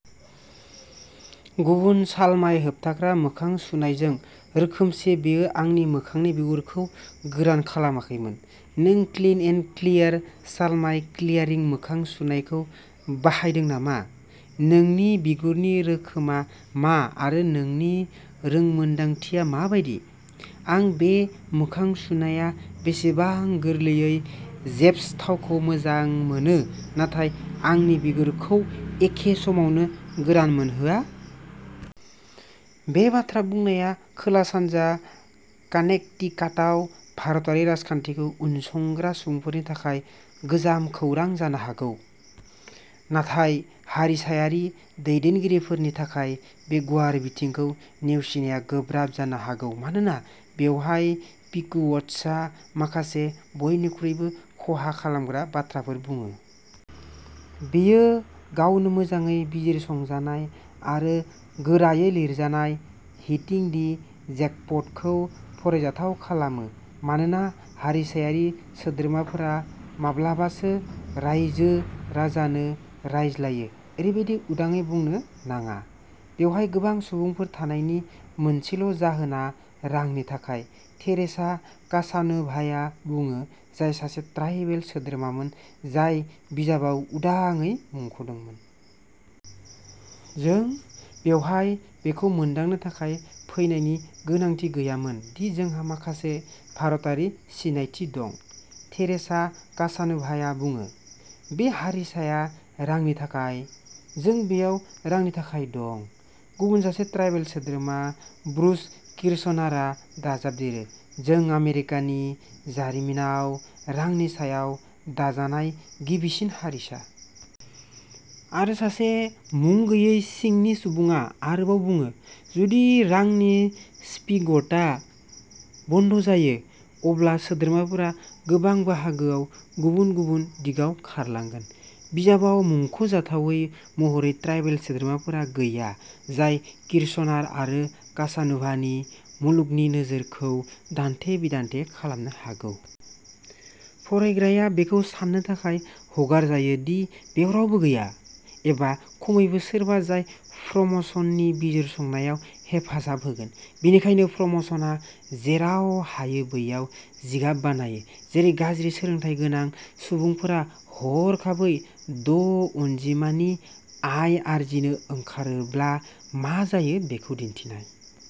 गुबुन सालमाय होबथाग्रा मोखां सुनायजों रोखोमसे, बेयो आंनि मोखांनि बिगुरखौ गोरान खालामाखैमोन। नों क्लिन एन्ड क्लियार सालमाय क्लियारिं मोखां सुनायखौ बाहायदों नामा? नोंनि बिगुरनि रोखोमआ मा आरो नोंनि रोंमोनदांथिया मा बायदि? आं बे मोखां सुनाया बेसेबां गोरलैयै जेप्स थावखौ मोजां मोनो नाथाय आंनि बिगुरखौ एखे समावनो गोरान मोनहोआ? बे बाथ्रा बुंनाया खोला-सानजा कानेक्टिकाटआव भारतारि राजखान्थिखौ उनसंग्रा सुबुंफोरनि थाखाय गोजाम खौरां जानो हागौ। नाथाय हारिसायारि दैदेनगिरिफोरनि थाखाय बे गुवार बिथिंखौ नेवसिनाया गोब्राब जानो हागौ मानोना बेवहाय पिकुवट्सआ माखासे बयनिख्रुइबो खहा खालामग्रा बाथ्राफोर बुङो। बेयो गावनो मोजाङै बिजिरसंजानाय आरो गोरायै लिरजानाय "हिटिं दि जेकप'ट" खौ फरायजाथाव खालामो, मानोना हारिसायारि सोद्रोमाफोरा माब्लाबासो रायजो राजानो रायज्लायो, ओरैबादि उदाङै बुंनो नाङा। "बेवहाय गोबां सुबुंफोर थानायनि मोनसेल'जाहोना रांनि थाखाय। थेरेसा कासानोभाया बुङो, जाय सासे ट्राइबेल सोद्रोमामोन, जाय बिजाबाव उदाङै मुंख'दोंमोन। जों बेवहाय बेखौ मोनदांनो थाखाय फैनायनि गोनांथि गैयामोन दि जोंहा माखासे भारतारि सिनायथि दं ", थेरेसा कासानोभाया बुङो। " बे हारिसाया रांनि थाखाय। जों बेयाव रांनि थाखाय दं। "गुबुन सासे ट्राइबेल सोद्रोमा, ब्रुस किर्चनारआ दाजाबदेरो," जों आमेरिकानि जारिमिनाव रांनि सायाव दाजानाय गिबिसिन हारिसा। "आरो सासे मुं गैयै सिंनि सुबुंआ आरोबाव बुङो," जुदि रांनि स्पिग'टआ बन्द जायो, अब्ला सोद्रोमाफोरा गोबां बाहागोआव गुबुन गुबुन दिगाव खारलांगोन। "बिजाबाव मुंख'जाथावै महरै ट्राइबेल सोद्रोमाफोर गैया, जाय किर्चनार आरो कासानोभानि मुलुगनि नोजोरखौ दान्थे-बिदान्थे खालामनो हागौ। फरायग्राया बेखौ सान्नो थाखाय हगारजायो दि बेयाव रावबो गैया, एबा खमैबो सोरबा जाय फ्रमसननि बिजिरसंनायाव हेफाजाब होगोन। बेनिखायनो फ्रमसनआ जेराव हायो बैयाव जिगाब बानायो, जेरै गाज्रि सोलोंथाय गोनां सुबुंफोरा हरखाबै द'अनजिमानि आय आर्जिनो ओंखारोब्ला मा जायो बेखौ दिन्थिनाय।